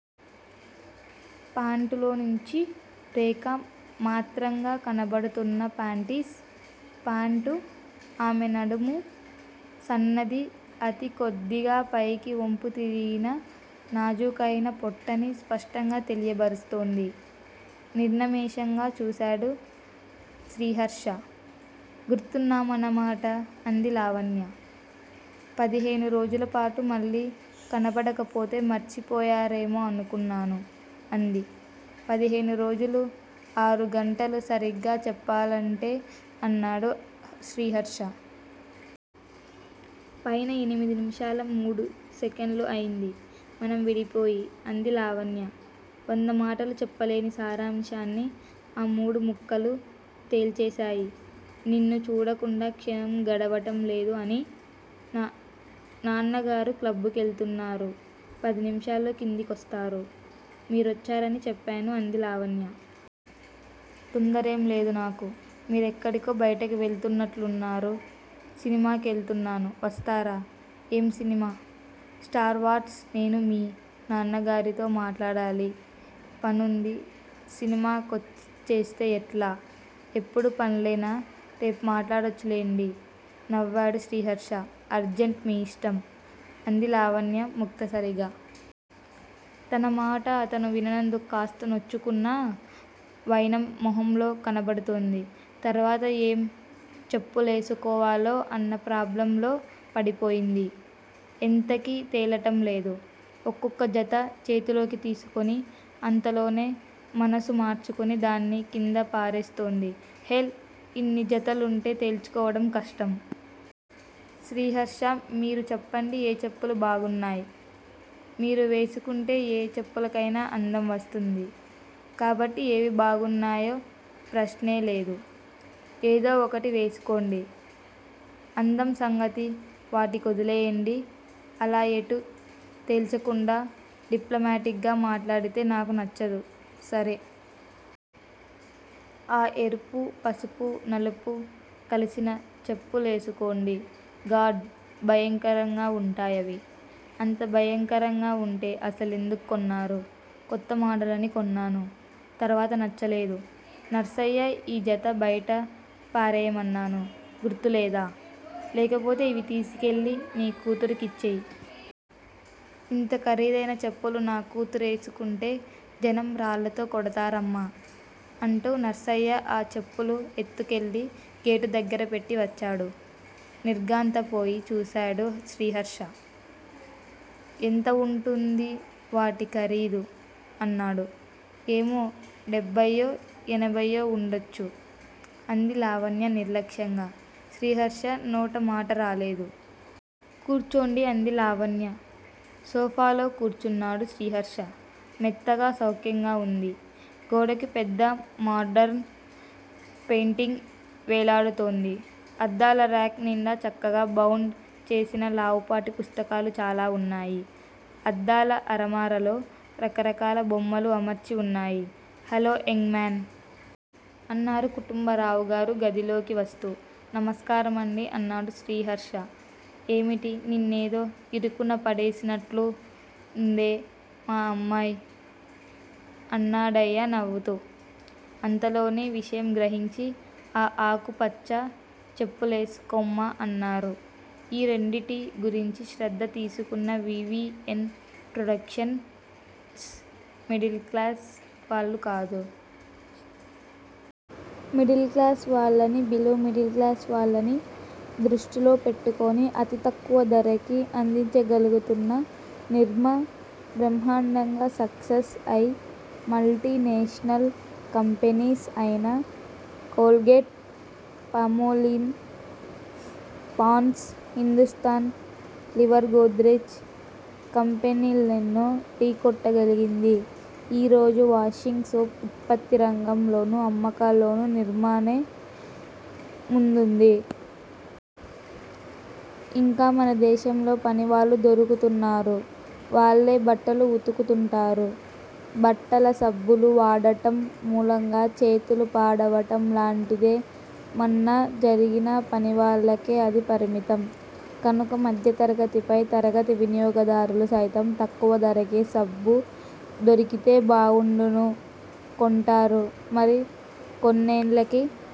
పాంటులో నుంచి రేఖా మాత్రంగా కనబడుతున్న పాంటిస్. పాంటు ఆమె నడుము సన్నదని, అతి కొద్దిగా పైకి ఒంపు తిరిగిన నాజుకైనా పొట్టని స్పష్టంగా తెలియబరుస్తోంది. నిర్నిమేషంగా చూశాడు శ్రీహర్ష. గుర్తున్నామన్నమాట? అంది లావణ్య. పదిహేను రోజులపాటు మళ్ళీ కనబడకపోతే మర్చిపోయారేమో అనుకున్నాను. అంది. పదిహేను రోజుల ఆరుగంటలు- సరిగ్గా చెప్పాలంటే అన్నాడు శ్రీహర్ష. పైన ఎనిమిది నిమిషాల మూడు సెకండ్లు అయింది- మనం విడిపోయి అంది లావణ్య. వంద మాటలు చెప్పలేని సారాంశాన్ని ఆ మూడు ముక్కలూ తెల్చేశాయ్ నిన్ను చూడకుండా క్షణం గడవటం లేదు అని. నాన్నగారు క్లబ్బుకెళుతున్నారు. పదనిమిషాల్లో కింది కోస్తారు. మిరోచ్చారని చెప్పాను అంది లావణ్య. తొందరేం లేదు నాకు. మిరేక్కడికో బయటికి వెళుతున్నట్లున్నారు? సినిమా కెళుతున్నాను వస్తారా? ఏం సినిమా? స్టార్ వార్స్ నేను మీ న్నాన్నగారితో మాట్లాడాలి. పనుంది సినిమా కొచ్చేస్తే ఎట్లా? ఎప్పుడూ పన్లెనా? రేపు మాట్లాడొచ్చు లెండి! నవ్వాడు శ్రీహర్ష. అర్జెంటు మీ ఇష్టం! అంది లావణ్య ముక్తసరిగా. తన మాట అతను విననందుకు కాస్త నొచ్చుకున్న వైనం మోహంలో కనబడుతోంది. తర్వాత ఏం చెప్పులేసుకోవాలా అన్న ప్రాబ్లెంలో పడిపోయింది. ఎంతకీ తేలటం లేదు. ఒక్కొక్కో జతా చేతిలోకి తీసుకుని, అంతలోనే మనసు మార్చుకుని దాన్ని కింద పారేస్తోంది. హెల్! ఇన్ని జతలుంటే తేల్చుకోవడం కష్టం. శ్రీహర్షా! మీరు చెప్పండి ఏ చెప్పులు బాగున్నాయ్? మీరు వేసుకుంటే ఏ చెప్పులకైన అందం వస్తుంది. కాబట్టి ఏవి బాగున్నాయో ప్రశ్నే లేదు. ఏదో ఒకటి వేసేసుకొండి. అందం సంగతి వాటి కోదిలేయ్యండి. అలా ఎటూ తేల్చకుండా డిప్లమాటిక్ గా మాట్లాడితే నాకు నచ్చదు. సరే! ఆ ఎరుపూ, పసుపూ, నలుపూ కలిసిన చెప్పు లేసుకోండి. గాడ్? భయంకరంగా ఉంటాయవి. అంత భయంకరంగా ఉంటె అసలెందుకు కొన్నారు? కొత్త మోడల్ అని కొన్నాను. తర్వాత నచ్చలేదు. నర్సయ్యా ఈ జత బయట పారేయ్యమన్నాను గుర్తులేదా? లేకపోతే ఇవి తీసుకెళ్ళి నీ కూతురు కిచ్చెయ్. ఇంత ఖరీదైన చెప్పులు నా కూతురేసుకుంటే జనం రాళ్ళతో కొడతారమ్మా! అంటూ నర్సయ్య ఆ చెప్పులు ఎత్తుకెళ్ళి గేటు దగ్గర పెట్టి వచ్చాడు. నిర్ఘాంతపోయి చూశాడు శ్రీహర్ష. ఎంత ఉంటుంది వాటి ఖరీదు? అన్నాడు. ఏమో! డెబ్బయ్యో, ఎనభయ్యో ఉండొచ్చు. అంది లావణ్య నిర్లక్ష్యంగా. శ్రీహర్ష నోట మాటరాలేదు. కూర్చోండి. అంది లావణ్య. సోఫాలో కూర్చున్నాడు శ్రీహర్ష. మెత్తగా సౌఖ్యంగా ఉంది. గోడకి పెద్ద మోడర్న్ పెయింటింగ్ వేలాడుతోంది. అద్దాల రాక్ నిండా చక్కగా బౌండ్ చేసిన లావుపాటి పుస్తకాలు చాలా ఉన్నాయి. అద్దాల అలమారాలో రకరకాల బొమ్మలు అమర్చి ఉన్నాయి. Hello young man! అన్నారు కుటుంబరావుగారు గదిలోకి వస్తూ. నమస్కారమండి! అన్నాడు శ్రీహర్ష. ఏమిటి? నిన్నేదో ఇరుకున పడేసినట్లుందే మా అమ్మాయ్? అన్నాడాయన నవ్వుతూ. అంతలోనే విషయం గ్రహించి, ఆ ఆకుపచ్చ చెప్పులేసుకొమ్మా అన్నారు. ఈ రెండింటి గురించి శ్రద్ధ తీసుకున్న V. V. N. Products middle class వాళ్లు కాదు. మిడిల్ క్లాస్ వాళ్ళని, బిలో మిడిల్ క్లాస్ వాళ్ళనీ దృష్టిలో పెట్టుకొని అతి తక్కువ ధరకి అందించగలుగుతున్న నిర్మా బ్రహ్మాండంగా సక్సెస్ అయి మల్టీ నేషనల్ కంపెనీస్ అయిన Colgate Palmolive Pond's Hindustan Lever Godrej కంపెనీల్నే ఢీ కొట్టగలిగింది. ఈ రోజు వాషింగ్ సోప్ ఉత్పత్తి రంగంలోనూ అమ్మకాల్లోనూ నిర్మానే ముందుంది. ఇంకా మనదేశంలో పనివాళ్ళు దొరుకుతున్నారు- వాళ్ళే బట్టలు ఉతుకుతుంటారు. బట్టల సబ్బులు వాడడం మూలంగా చేతులు పాడవటం లాంటిదే మన్నా జరిగినా- పనివాళ్ళకే అది పరిమితం. కనుక మధ్యతరగతి పై తరగతి వినియోగదారులు సైతం తక్కువ ధరకే సబ్బు దొరికితే బావుండును కొంటారు. మరి కొన్నేండ్లకి